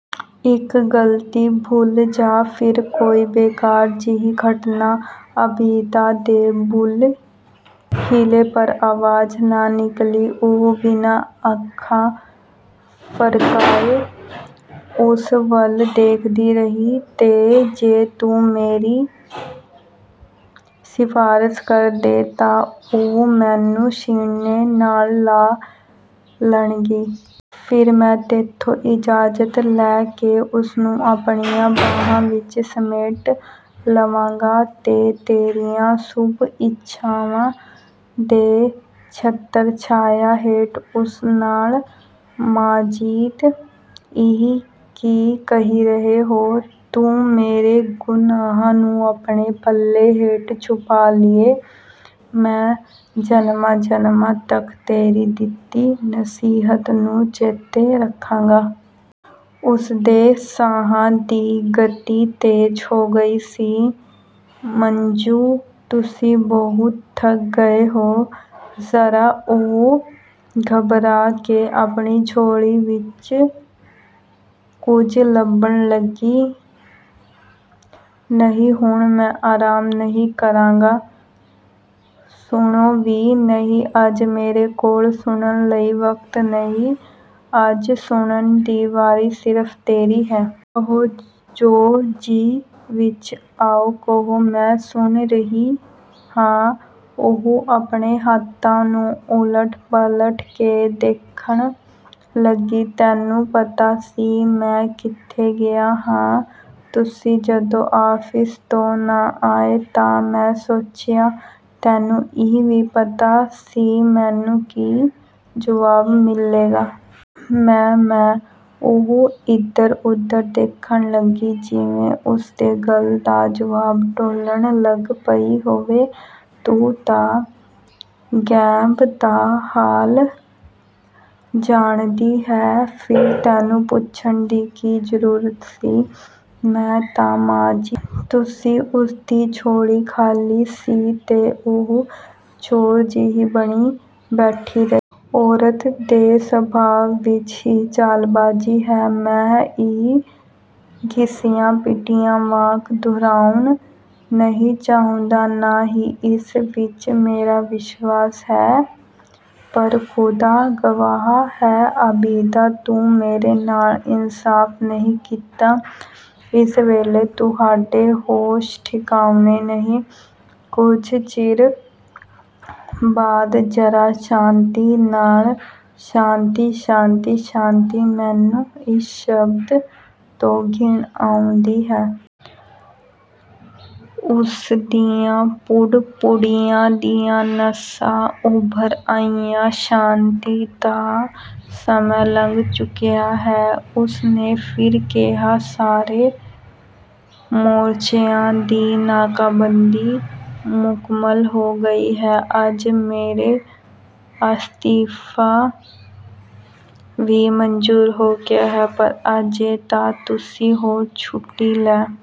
"ਇੱਕ ਗਲਤੀ, ਭੁੱਲ ਜਾਂ ਫਿਰ ਕੋਈ ਬੇਕਾਰ ਜਿਹੀ ਘਟਨਾ" ਆਬਿਦਾ ਦੇ ਬੁੱਲ੍ਹ ਹਿਲੇ ਪਰ ਆਵਾਜ਼ ਨਾ ਨਿਕਲੀ। ਉਹ ਬਿਨਾਂ ਅੱਖਾਂ ਫਰਕਾਏ ਉਸ ਵੱਲ ਦੇਖਦੀ ਰਹੀ। "ਤੇ ਜੇ ਤੂੰ ਮੇਰੀ ਸਿਫ਼ਾਰਸ਼ ਕਰ ਦੇਂ ਤਾਂ ਉਹ ਮੈਨੂੰ ਸੀਨੇ ਨਾਲ ਲਾ ਲਏਗੀ। ਫਿਰ ਮੈਂ ਤੈਥੋਂ ਇਜਾਜ਼ਤ ਲੈ ਕੇ ਉਸਨੂੰ ਆਪਣੀਆਂ ਬਾਹਾਂ ਵਿੱਚ ਸਮੇਟ ਲਵਾਂਗਾ ਤੇ ਤੇਰੀਆਂ ਸ਼ੁਭ-ਇੱਛਾਵਾਂ ਦੀ ਛਤਰ-ਛਾਇਆ ਹੇਠ ਉਸ ਨਾਲ" "ਮਾਜਿਦ, ਇਹ ਕੀ ਕਹਿ ਰਹੇ ਹੋ!" "ਤੂੰ ਮੇਰੇ ਗੁਨਾਹ ਨੂੰ ਆਪਣੇ ਪੱਲੇ ਹੇਠ ਛੁਪਾ ਲਿਆ, ਮੈਂ ਜਨਮਾਂ-ਜਨਮਾਂ ਤੱਕ ਤੇਰੀ ਦਿੱਤੀ ਨਸੀਹਤ ਨੂੰ ਚੇਤੇ ਰੱਖਾਂਗਾ।" ਉਸਦੇ ਸਾਹਾਂ ਦੀ ਗਤੀ ਤੇਜ਼ ਹੋ ਗਈ ਸੀ। "ਮੱਜੂ-- ਤੁਸੀਂ ਬਹੁਤ ਥੱਕ ਗਏ ਹੋ। ਜ਼ਰਾ--" ਉਹ ਘਬਰਾ ਕੇ ਆਪਣੀ ਝੋਲੀ ਵਿੱਚੋਂ ਕੁਝ ਲੱਭਣ ਲੱਗੀ। "ਨਹੀਂ ਹੁਣ ਮੈਂ ਆਰਾਮ ਨਹੀਂ ਕਰਾਂਗਾ।" "ਸੁਣੋ ਵੀ--" "ਨਹੀਂ ਅੱਜ ਮੇਰੇ ਕੋਲ ਸੁਣਨ ਲਈ ਵਕਤ ਨਹੀਂ ਅੱਜ ਸੁਣਨ ਦੀ ਵਾਰੀ ਸਿਰਫ਼ ਤੇਰੀ ਹੈ।" "ਕਹੋ, ਜੋ ਜੀਅ ਵਿੱਚ ਆਏ ਕਹੋ, ਮੈਂ ਸੁਣ ਰਹੀ ਹਾਂ।" ਉਹ ਆਪਣੇ ਹੱਥਾਂ ਨੂੰ ਉਲਟ-ਪਲਟ ਕੇ ਦੇਖਣ ਲੱਗੀ। "ਤੈਨੂੰ ਪਤਾ ਸੀ, ਮੈਂ ਕਿੱਥੇ ਗਿਆ ਹਾਂ?" "ਤੁਸੀਂ ਜਦੋਂ ਆਫ਼ਿਸ ਤੋਂ ਨਾ ਆਏ ਤਾਂ ਮੈਂ ਸੋਚਿਆ" "ਤੈਨੂੰ ਇਹ ਵੀ ਪਤਾ ਸੀ, ਮੈਨੂੰ ਕੀ ਜਵਾਬ ਮਿਲੇਗਾ?" "ਮੈਂ-ਮੈਂ--" ਉਹ ਇਧਰ-ਉਧਰ ਦੇਖਣ ਲੱਗੀ ਜਿਵੇਂ ਉਸਦੀ ਗੱਲ ਦਾ ਜਵਾਬ ਟੋਲਣ ਲੱਗ ਪਈ ਹੋਵੇ। "ਤੂੰ ਤਾਂ ਗੈਬ ਦਾ ਹਾਲ ਜਾਣਦੀ ਹੈਂ। ਫਿਰ ਤੈਨੂੰ ਪੁੱਛਣ ਦੀ ਕੀ ਜ਼ਰੂਰਤ ਸੀ?" "ਮੈਂ-ਤਾਂ-ਮਾਜਿਦ, ਤੁਸੀਂ--" ਉਸਦੀ ਝੋਲੀ ਖ਼ਾਲੀ ਸੀ ਤੇ ਉਹ ਚੋਰ ਜਿਹੀ ਬਣੀ ਬੈਠੀ ਰਹੀ। ਔਰਤ ਦੇ ਸੁਭਾਅ ਵਿੱਚ ਹੀ ਚਾਲਬਾਜ਼ੀ ਹੈ। ਮੈਂ ਇਹ ਘਿਸਿਆ-ਪਿਟਿਆ ਵਾਕ ਦੁਹਰਾਉਣਾ ਨਹੀਂ ਚਾਹੁੰਦਾ, ਨਾ ਹੀ ਇਸ ਵਿੱਚ ਮੇਰਾ ਵਿਸ਼ਵਾਸ ਹੈ। ਪਰ ਖ਼ੁਦਾ ਗਵਾਹ ਹੈ ਆਬਿਦਾ, ਤੂੰ ਮੇਰੇ ਨਾਲ ਇਨਸਾਫ਼ ਨਹੀਂ ਕੀਤਾ।" "ਇਸ ਵੇਲੇ ਤੁਹਾਡੇ ਹੋਸ਼ ਠਿਕਾਣੇ ਨਹੀਂ, ਕੁਝ ਚਿਰ ਬਾਅਦ ਜ਼ਰਾ ਸ਼ਾਂਤੀ ਨਾਲ" "ਸ਼ਾਂਤੀ, ਸ਼ਾਂਤੀ, ਸ਼ਾਂਤੀ, ਮੈਨੂੰ ਇਸ ਸ਼ਬਦ ਤੋਂ ਘਿਣ ਆਉਂਦੀ ਹੈ।" ਉਸਦੀਆਂ ਪੁੜਪੁੜੀਆਂ ਦੀਆਂ ਨਸਾਂ ਉਭਰ ਆਈਆਂ, "ਸ਼ਾਂਤੀ ਦਾ ਸਮਾਂ ਲੰਘ ਚੁੱਕਿਆ ਹੈ।" ਉਸ ਨੇ ਫਿਰ ਕਿਹਾ, "ਸਾਰੇ ਮੋਰਚਿਆਂ ਦੀ ਨਾਕਾਬੰਦੀ ਮੁਕੰਮਲ ਹੋ ਗਈ ਹੈ। ਅੱਜ ਮੇਰਾ ਅਸਤੀਫ਼ਾ ਵੀ ਮੰਜ਼ੂਰ ਹੋ ਗਿਆ ਹੈ।" "ਪਰ ਅਜੇ ਤਾਂ ਤੁਸੀਂ ਹੋਰ ਛੁੱਟੀ ਲੈ